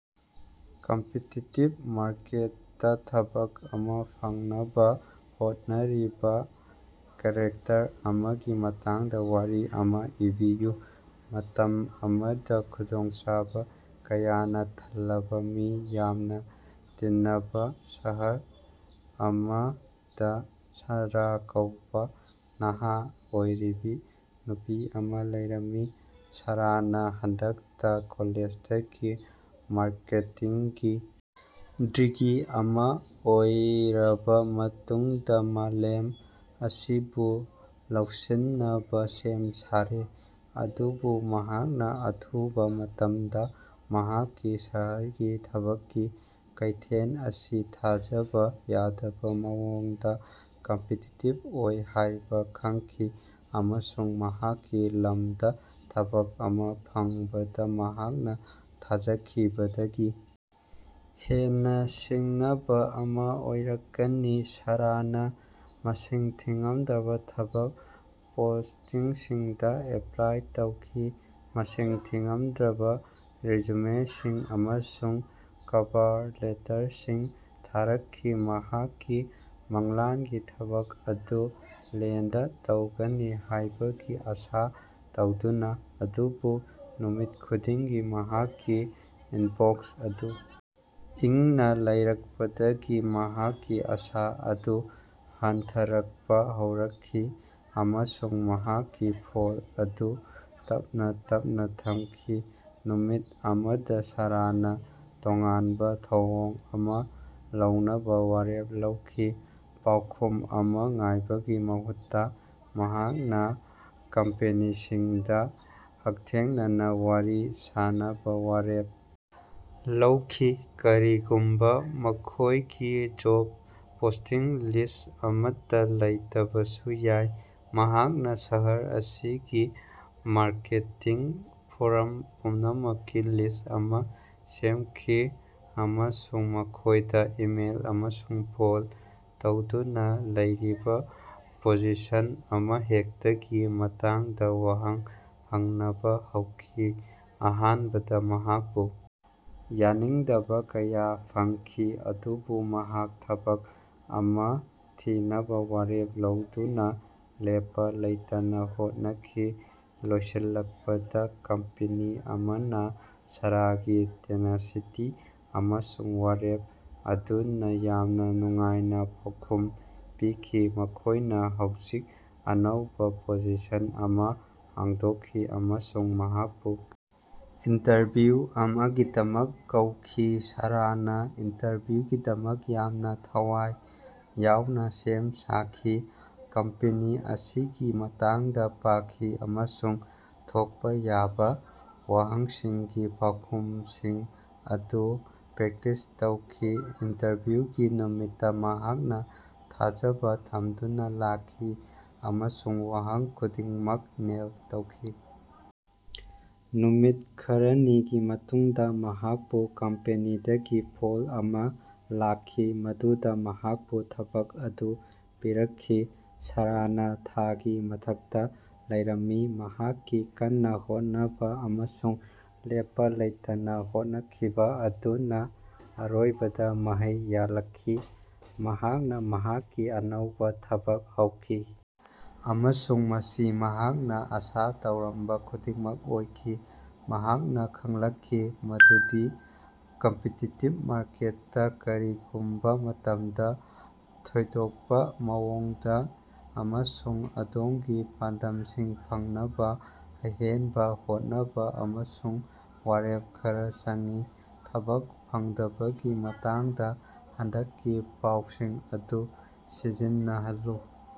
Competitive ꯃꯥꯔꯀꯦꯠꯇ ꯊꯕꯛ ꯑꯃ ꯐꯪꯅꯕ ꯍꯣꯠꯅꯔꯤꯕ ꯀꯦꯔꯦꯛꯇꯔ ꯑꯃꯒꯤ ꯃꯇꯥꯡꯗ ꯋꯥꯔꯤ ꯑꯃ ꯏꯕꯤꯌꯨ꯫ ꯃꯇꯝ ꯑꯃꯗ ꯈꯨꯗꯣꯡꯆꯥꯕ ꯀꯌꯥꯅ ꯊꯜꯂꯕ ꯃꯤ ꯌꯥꯝꯅ ꯇꯤꯅꯕ ꯁꯍꯔ ꯑꯃꯗ ꯁꯥꯔꯥ ꯀꯧꯕ ꯅꯍꯥ ꯑꯣꯏꯔꯤꯕꯤ ꯅꯨꯄꯤ ꯑꯃ ꯂꯩꯔꯝꯃꯤ꯫ ꯁꯥꯔꯥꯅ ꯍꯟꯗꯛꯇ ꯀꯣꯂꯦꯖꯇꯒꯤ ꯃꯥꯔꯀꯦꯇꯤꯡꯒꯤ ꯗꯤꯒ꯭ꯔꯤ ꯑꯃ ꯑꯣꯏꯔꯕ ꯃꯇꯨꯡꯗ ꯃꯥꯂꯦꯝ ꯑꯁꯤꯕꯨ ꯂꯧꯁꯤꯟꯅꯕ ꯁꯦꯝ ꯁꯥꯔꯦ꯫ ꯑꯗꯨꯕꯨ ꯃꯍꯥꯛꯅ ꯑꯊꯨꯕ ꯃꯇꯝꯗ ꯃꯍꯥꯛꯀꯤ ꯁꯍꯔꯒꯤ ꯊꯕꯛꯀꯤ ꯀꯩꯊꯦꯟ ꯑꯁꯤ ꯊꯥꯖꯕ ꯌꯥꯗꯕ ꯃꯑꯣꯡꯗ ꯀꯝꯄꯤꯇꯤꯇꯤꯕ ꯑꯣꯏ ꯍꯥꯢꯕ ꯈꯪꯈꯤ, ꯑꯃꯁꯨꯡ ꯃꯍꯥꯛꯀꯤ ꯂꯝꯗ ꯊꯕꯛ ꯑꯃ ꯐꯪꯕꯗ ꯃꯍꯥꯛꯅ ꯊꯥꯖꯈꯤꯕꯗꯒꯤ ꯍꯦꯟꯅ ꯁꯤꯡꯅꯕ ꯑꯃ ꯑꯣꯏꯔꯛꯀꯅꯤ꯫ ꯁꯥꯔꯥꯅ ꯃꯁꯤꯡ ꯊꯤꯉꯝꯗ꯭ꯔꯕ ꯊꯕꯛ ꯄꯣꯁꯇꯤꯡꯁꯤꯡꯗ ꯑꯦꯞꯄ꯭ꯂꯥꯏ ꯇꯧꯈꯤ, ꯃꯁꯤꯡ ꯊꯤꯉꯝꯗ꯭ꯔꯕ ꯔꯤꯖꯨꯃꯦꯁꯤꯡ ꯑꯃꯁꯨꯡ ꯀꯚꯥꯔ ꯂꯦꯇꯔꯁꯤꯡ ꯊꯥꯔꯛꯈꯤ, ꯃꯍꯥꯛꯀꯤ ꯃꯪꯂꯥꯟꯒꯤ ꯊꯕꯛ ꯑꯗꯨ ꯂꯦꯟꯗ ꯇꯧꯒꯅꯤ ꯍꯥꯢꯕꯒꯤ ꯑꯁꯥ ꯇꯧꯗꯨꯅ꯫ ꯑꯗꯨꯕꯨ ꯅꯨꯃꯤꯠ ꯈꯨꯗꯤꯡꯒꯤ ꯃꯍꯥꯛꯀꯤ ꯏꯟꯕꯣꯛꯁ ꯑꯗꯨ ꯏꯪꯅ ꯂꯩꯔꯛꯄꯗꯒꯤ ꯃꯍꯥꯛꯀꯤ ꯑꯁꯥ ꯑꯗꯨ ꯍꯟꯊꯔꯛꯄꯥ ꯍꯧꯔꯛꯈꯤ, ꯑꯃꯁꯨꯡ ꯃꯍꯥꯛꯀꯤ ꯐꯣꯟ ꯑꯗꯨ ꯇꯞꯅꯥ ꯇꯞꯅꯥ ꯊꯝꯈꯤ꯫ ꯅꯨꯃꯤꯠ ꯑꯃꯗ ꯁꯥꯔꯥꯅ ꯇꯣꯉꯥꯟꯕ ꯊꯧꯑꯣꯡ ꯑꯃ ꯂꯧꯅꯕ ꯋꯥꯔꯦꯞ ꯂꯧꯈꯤ꯫ ꯄꯥꯎꯈꯨꯝ ꯑꯃ ꯉꯥꯏꯕꯒꯤ ꯃꯍꯨꯠꯇ ꯃꯍꯥꯛꯅ ꯀꯝꯄꯦꯅꯤꯁꯤꯡꯗ ꯍꯛꯊꯦꯡꯅꯅꯥ ꯋꯥꯔꯤ ꯁꯥꯅꯕ ꯋꯥꯔꯦꯞ ꯂꯧꯈꯤ꯫ ꯀꯔꯤꯒꯨꯝꯕ ꯃꯈꯣꯢꯒꯤ ꯖꯣꯕ ꯄꯣꯁꯇꯤꯡ ꯂꯤꯁ ꯑꯃꯠꯇ ꯂꯩꯇꯕꯁꯨ ꯌꯥꯏ꯫ ꯃꯍꯥꯛꯅ ꯁꯍꯔ ꯑꯁꯤꯒꯤ ꯃꯥꯔꯀꯦꯇꯤꯡ ꯐꯣꯔꯝ ꯄꯨꯝꯅꯃꯛꯀꯤ ꯂꯤꯁ ꯑꯃ ꯁꯦꯝꯈꯤ ꯑꯃꯁꯨꯡ ꯃꯈꯣꯢꯗ ꯏꯃꯦꯜ ꯑꯃꯁꯨꯡ ꯐꯣꯟ ꯇꯧꯗꯨꯅ ꯂꯩꯔꯤꯕ ꯄꯣꯖꯤꯁꯟ ꯑꯃꯍꯦꯛꯇꯒꯤ ꯃꯇꯥꯡꯗ ꯋꯍꯪ ꯍꯪꯅꯕ ꯍꯧꯈꯤ꯫ ꯑꯍꯥꯟꯕꯗ ꯃꯍꯥꯛꯄꯨ ꯌꯥꯅꯤꯡꯗꯕꯥ ꯀꯌꯥ ꯐꯪꯈꯤ꯫ ꯑꯗꯨꯕꯨ ꯃꯍꯥꯛ ꯊꯕꯛ ꯑꯃ ꯊꯤꯅꯕ ꯋꯥꯔꯦꯞ ꯂꯧꯗꯨꯅ ꯂꯦꯞꯄ ꯂꯩꯇꯅ ꯍꯣꯠꯅꯈꯤ꯫ ꯂꯣꯏꯁꯤꯜꯂꯛꯄꯗ ꯀꯝꯄꯦꯅꯤ ꯑꯃꯅ ꯁꯥꯔꯥꯒꯤ ꯇꯦꯅꯥꯁꯤꯇꯤ ꯑꯃꯁꯨꯡ ꯋꯥꯔꯦꯞ ꯑꯗꯨꯅ ꯌꯥꯝꯅ ꯅꯨꯡꯉꯥꯏꯅ ꯄꯥꯎꯈꯨꯝ ꯄꯤꯈꯤ꯫ ꯃꯈꯣꯢꯅ ꯍꯧꯖꯤꯛ ꯑꯅꯧꯕ ꯄꯣꯖꯤꯁꯟ ꯑꯃ ꯍꯥꯡꯗꯣꯛꯈꯤ ꯑꯃꯁꯨꯡ ꯃꯍꯥꯛꯄꯨ ꯏꯟꯇꯔꯚ꯭ꯌꯨ ꯑꯃꯒꯤꯗꯃꯛ ꯀꯧꯈꯤ꯫ ꯁꯥꯔꯥꯅ ꯏꯟꯇꯔꯚ꯭ꯌꯨꯒꯤꯗꯃꯛ ꯌꯥꯝꯅ ꯊꯋꯥꯏ ꯌꯥꯎꯅ ꯁꯦꯝ ꯁꯥꯈꯤ꯫ ꯀꯝꯄꯦꯅꯤ ꯑꯁꯤꯒꯤ ꯃꯇꯥꯡꯗ ꯄꯥꯈꯤ ꯑꯃꯁꯨꯡ ꯊꯣꯛꯄꯥ ꯌꯥꯕ ꯋꯥꯍꯪꯁꯤꯡꯒꯤ ꯄꯥꯎꯈꯨꯃꯁꯤꯡ ꯑꯗꯨ ꯄ꯭ꯔꯦꯛꯇꯤꯁ ꯇꯧꯈꯤ꯫ ꯏꯟꯇꯔꯚ꯭ꯌꯨꯒꯤ ꯅꯨꯃꯤꯠꯇ ꯃꯍꯥꯛꯅ ꯊꯥꯖꯕ ꯊꯝꯗꯨꯅ ꯂꯥꯛꯈꯤ, ꯑꯃꯁꯨꯡ ꯋꯥꯍꯪ ꯈꯨꯗꯤꯡꯃꯛ ꯅꯦꯜ ꯇꯧꯈꯤ꯫ ꯅꯨꯃꯤꯠ ꯈꯔꯥꯅꯤꯒꯤ ꯃꯇꯨꯡꯗ ꯃꯍꯥꯛꯄꯨ ꯀꯝꯄꯦꯅꯤꯗꯒꯤ ꯐꯣꯟ ꯑꯃ ꯂꯥꯛꯈꯤ꯫ ꯃꯗꯨꯗ ꯃꯍꯥꯛꯄꯨ ꯊꯕꯛ ꯑꯗꯨ ꯄꯤꯔꯛꯈꯤ꯫ ꯁꯥꯔꯥꯅ ꯊꯥꯒꯤ ꯃꯊꯛꯇ ꯂꯩꯔꯝꯃꯤ, ꯃꯍꯥꯛꯀꯤ ꯀꯟꯅ ꯍꯣꯠꯅꯕ ꯑꯃꯁꯨꯡ ꯂꯦꯞꯄ ꯂꯩꯇꯅ ꯍꯣꯠꯅꯈꯤꯕ ꯑꯗꯨꯅ ꯑꯔꯣꯏꯕꯗ ꯃꯍꯩ ꯌꯥꯜꯂꯛꯈꯤ꯫ ꯃꯍꯥꯛꯅ ꯃꯍꯥꯛꯀꯤ ꯑꯅꯧꯕ ꯊꯕꯛ ꯍꯧꯈꯤ, ꯑꯃꯁꯨꯡ ꯃꯁꯤ ꯃꯍꯥꯛꯅ ꯑꯁꯥ ꯇꯧꯔꯝꯕ ꯈꯨꯗꯤꯡꯃꯛ ꯑꯣꯏꯈꯤ꯫ ꯃꯍꯥꯛꯅ ꯈꯪꯂꯛꯈꯤ ꯃꯗꯨꯗꯤ, ꯀꯝꯄꯤꯇꯤꯇꯤꯕ ꯃꯥꯔꯀꯦꯠꯇ, ꯀꯔꯤꯒꯨꯝꯕ ꯃꯇꯝꯗ ꯊꯣꯏꯗꯣꯛꯄ ꯃꯑꯣꯡꯗ ꯑꯃꯁꯨꯡ ꯑꯗꯣꯝꯒꯤ ꯄꯥꯟꯗꯝꯁꯤꯡ ꯐꯪꯅꯕ ꯑꯍꯦꯟꯕ ꯍꯣꯠꯅꯕ ꯑꯃꯁꯨꯡ ꯋꯥꯔꯦꯞ ꯈꯔꯥ ꯆꯪꯏ꯫ ꯊꯕꯛ ꯐꯪꯗꯕꯒꯤ ꯃꯇꯥꯡꯗ ꯍꯟꯗꯛꯀꯤ ꯄꯥꯎꯁꯤꯡ ꯑꯗꯨ ꯁꯤꯖꯤꯟꯅꯍꯜꯂꯨ꯫